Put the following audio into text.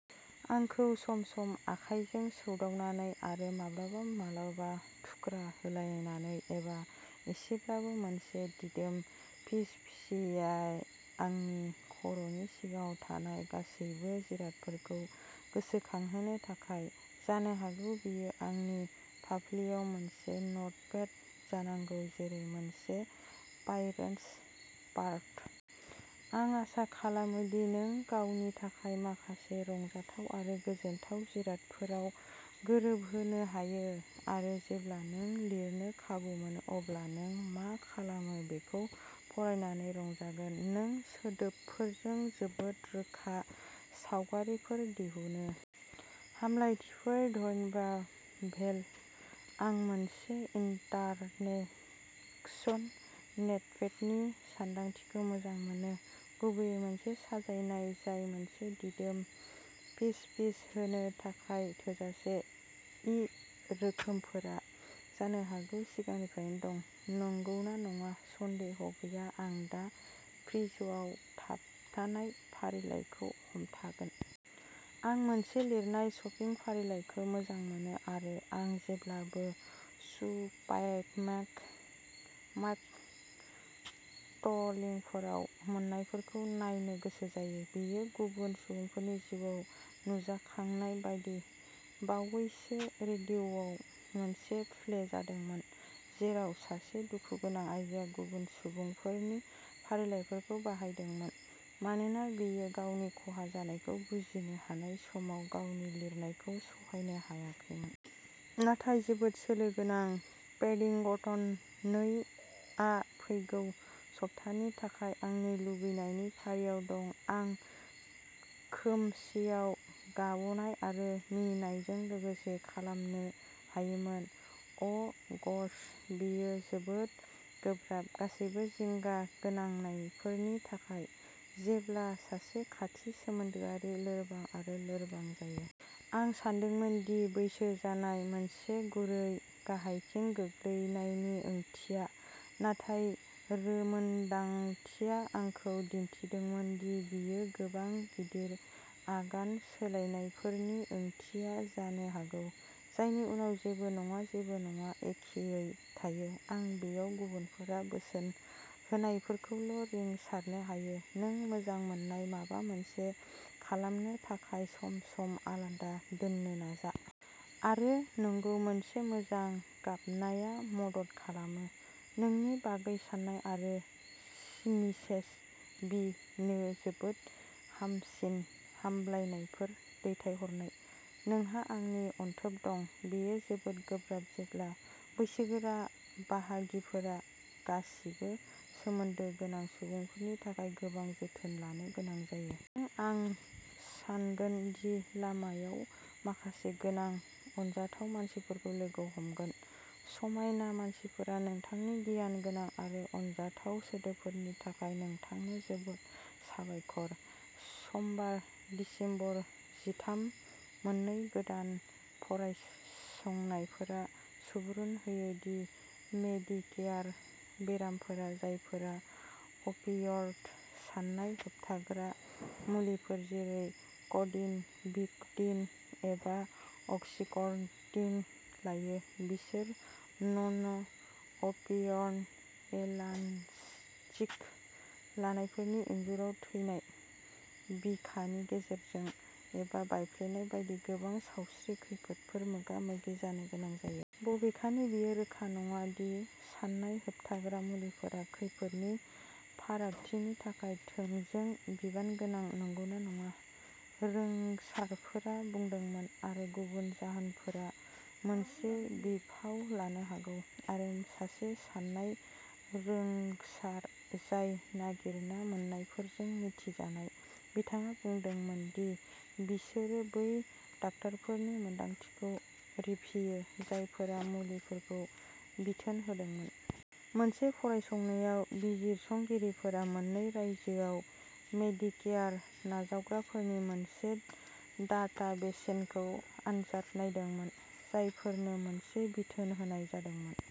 आंखौ सम-सम आखायजों सौदावनानै आरो माब्लाबा-माब्लाबा थुख्रा होलायनानै.. एबा एसेब्लाबो मोनसे दिदोम फिसफिसायनाय, आंनि खर'नि सिगाङाव थानाय गासैबो जिरादफोरखौ गोसोखांहोनो थाखाय... जानो हागौ बेयो आंनि फाफ्लिआव मोनसे नटपेड जानांगौ जेरै मोनसे पाइरेट्स पारट? आं आसा खालामो दि नों गावनि थाखाय माखासे रंजाथाव आरो गोजोनथाव जिरादफोराव गोरोबहोनो हायो आरो जेब्ला नों लिरनो खाबु मोनो अब्ला नों मा खालामो बेखौ फरायनानै रंजागोन। नों सोदोबफोरजों जोबोद रोखा सावगारिफोर दिहुनो। हामलायथिफोर। धन्यबा, भेल। आं मोनसे इन्टारेक्टिभ नटपेडनि सानदांथिखौ मोजां मोनो, गुबैयै मोनसे साजायनाय जाय मोनसे दिदोम फिसफिस होनो थाखाय थोजासे। इ रोखोमफोरा जानो हागौ सिगांनिफ्रायनो दं, नंगौना नङा? सन्देह गैया आं दा फ्रिजआव थाबथानाय फारिलाइखौ हमथागोन। आं मोनसे लिरनाय शपिं फारिलाइखौ मोजां मोनो आरो आं जेब्लाबो सुपाऐमार्केट माईक ट्रलिफोराव मोन्नायफोरखौ नायनो गोसो जायो। बेयो गुबुन सुबुंफोरनि जिउआव नुजाखांनाय बायदि। बावैसो मोनसे प्ले जादोंमोन, जेराव सासे दुखुगोनां आइजोआ गुबुन सुबुंफोरनि फारिलाइफोरखौ बाहायदोंमोन, मानोना बियो गावनि खहा जानायखौ बुजिनो हानाय समाव गावनि लिरनायखौ सहायनो हायाखैमोन। नाथाय जोबोद सोलो गोनां। पेडिंगटन नै आ फैगौ सप्तानि थाखाय आंनि लुबैनायनि फारियाव दं। आं खोमसिआव गाबनाय आरो मिनिनायजों लोगोसे खालामनो हायोमोन। अ', ग'श, बेयो जोबोद गोब्राब, गासैबो जिंगा गोनांफोरनि थाखाय, जेब्ला सासे खाथि सोमोन्दोआरिआ लोरबां आरो लोरबां जायो। आं सानदोंमोन दि बैसो जानाया मोनसे गुरै गाहायथिं गोग्लैनायनि ओंथिया, नाथाय रोंमोन्दांथिया आंखौ दिन्थिदोंमोन दि बेयो गोबां गिदिर आगान सोलायनायफोरनि ओंथिया जानो हागौ, जायनि उनाव जेबो नङा, जेबो नङा, एखेयै थायो। आं बेयाव गुबुनफोरा बोसोन होनायफोरखौल'रिंसारनो हायो, नों मोजां मोननाय माबा मोनसे खालामनो थाखाय सम-सम आलादा दोननो नाजा। आरो, नंगौ, मोनसे मोजां गाबनाया मदद खालामो। नोंनि बागै सान्नाय आरो मिसेस बि. नो जोबोद हामसिन हामलायनायफोर दैथायहरनाय। नोंहा आंनि अनथोब दं। बेयो जोबोद गोब्राब जेब्ला बैसोगोरा बाहागिफोरा गासिबो सोमोन्दो गोनां सुबुंफोरनि थाखाय गोबां जोथोन लानो गोनां जायो। नों आं सान्गोन दि लामायाव माखासे मोजां अनजाथाव मानसिफोरखौ लोगो हमगोन। समायना मानसिफोर-नोंथांनि गियानगोनां आरो अनजाथाव सोदोबफोरनि थाखाय नोंथांनो जोबोद साबायखर। समबार, दिसेम्बर जिथाम, मोननै गोदान फरायसंनायफोरा सुबुरुन होयो दि मेडिकेयार बेरामिफोर जायफोरा अफियइड सानाय होबथाग्रा मुलिफोर जेरै क'डिन, भिक'डिन एबा अक्सिकन्टिन लायो, बिसोर नन-अफियइड एनाल्जेसिक लानायफोरनि रुजुनायाव थैनाय, बिखानि जेंनाफोर एबा बायफ्लेनाय बायदि गोबां सावस्रि खैफोदजों मोगा-मोगि जानो गोनां जायो। बबेखानि, बेयो रोखा नङा दि सानाय होबथाग्रा मुलिफोरा खैफोदनि फारागथिनि थाखाय थोंजों बिबान गोनां नंगौना नङा, रोंगसाफोरा बुंदोंमोन, आरो गुबुन जाहोनफोरा मोनसे बिफाव लानो हागौ। आरो सासे सानाय रोंगसा जाय नागिरना मोन्नायफोरजों मिथिजानाय, बिथाङा बुंदोंमोन दि बिसोरो बै डाक्टारफोरनि मोनदांथिखौ रिफियो जायफोरा मुलिफोरखौ बिथोन होदोंमोन। मोनसे फरायसंनायाव, बिजिरसंगिरिफोरा मोन्नै रायजोआव मेडिकेयार नाजावग्राफोरनि मोनसे डाटाबेसखौ आनजाद नायदोंमोन, जायफोरनो मोनसे बिथोन होनाय जादोंमोन।